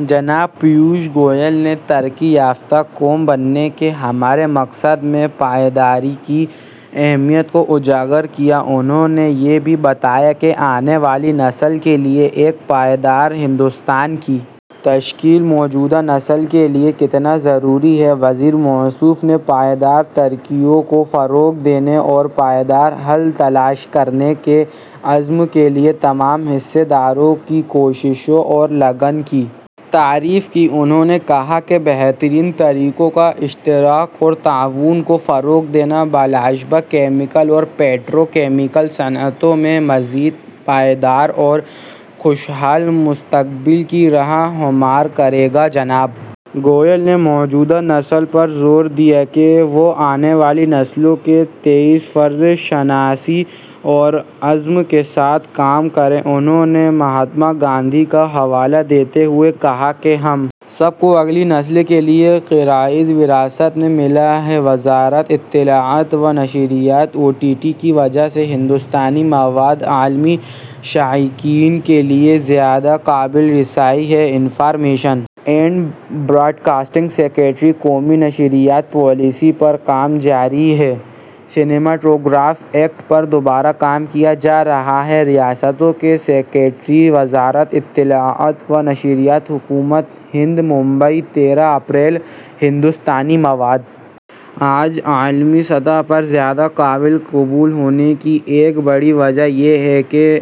جناب پیوش گوئل نے ترقی یافتہ قوم بننے کے ہمارے مقصد میں پائیداری کی اہمیت کو اجاگر کیا انہوں نے یہ بھی بتایا کہ آنے والی نسل کے لیے ایک پائیدار ہندوستان کی تشکیل موجودہ نسل کے لیے کتنا ضروری ہے وزیر موصوف نے پائیدار طریقوں کو فروغ دینے اور پائیدار حل تلاش کرنے کے عزم کے لیے تمام حصص داروں کی کوششوں اور لگن کی تعریف کی انہوں نے کہا کہ بہترین طریقوں کا اشتراک اور تعاون کو فروغ دینا بلاشبہ کیمیکل اور پیٹرو کیمیکل صنعتوں میں مزید پائیدار اور خوشحال مستقبل کی راہ ہموار کرے گا جناب گوئل نے موجودہ نسل پر زور دیا کہ وہ آنے والی نسلوں کے تئیں فرض شناسی اور عزم کے ساتھ کام کریں انہوں نے مہاتما گاندھی کا حوالہ دیتے ہوئے کہا کہ ہم سب کو اگلی نسل کے لیے کرۂ ارض وراثت میں ملا ہے وزارت اطلاعات و نشریات او ٹی ٹی کی وجہ سے ہندوستانی مواد عالمی شائقین کے لیے زیادہ قابل رسائی ہے انفارمیشن اینڈ براڈکاسٹنگ سکریٹری قومی نشریاتی پالیسی پر کام جاری ہے سنیماٹوگراف ایکٹ پر دوبارہ کام کیا جا رہا ہے ریاستوں کے سکریٹری وزارت اطلاعات و نشریات حکومت ہند ممبئی تیرہ اپریل ہندوستانی مواد آج عالمی سطح پر زیادہ قابل قبول ہونے کی ایک بڑی وجہ یہ ہے کہ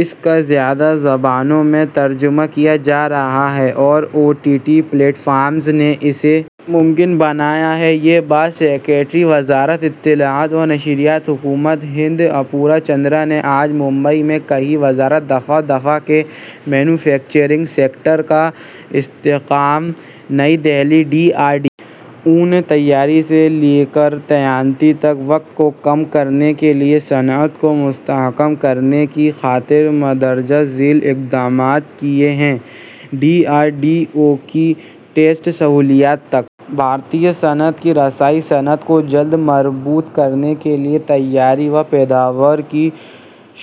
اس کا زیادہ زبانوں میں ترجمہ کیا جا رہا ہے اور O T T platforms نے اسے ممکن بنایا ہے یہ بات سکریٹری وزارت اطلاعات و نشریات حکومت ہند اپوروا چندرا نے آج ممبئی میں کہی وزارت دفاع دفاع کے مینو فیکچرنگ سیکٹر کا استحکام نئی Delhi D R D O نے تیاری سے لے کر تعیناتی تک وقت کو کم کرنے کے لیے صنعت کو مستحکم کرنے کی خاطر مندرجہ ذیل اقدامات کیے ہیں ڈی آر ڈی او کی ٹیسٹ سہولیات تک بھارتی صنعت کی رسائی صنعت کو جلد مربوط کرنے کے لیے تیاری و پیداوار کے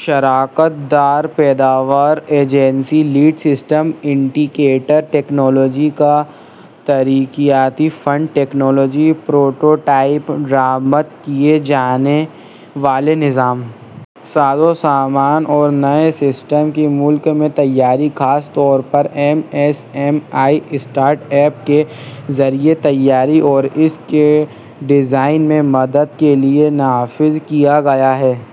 شراکت دار پیداواری agency lead system integrator technology کا ترقیاتی فنڈ ٹیکنالوجی پروٹوٹائپ درآمد کیے جانے والے نظام ساز و سامان اور نئے سسٹم کی ملک میں تیاری خاص طور پر M S M E startup کے ذریعے تیاری اور اس کے ڈیزائن میں مدد کے لیے نافذ کیا گیا ہے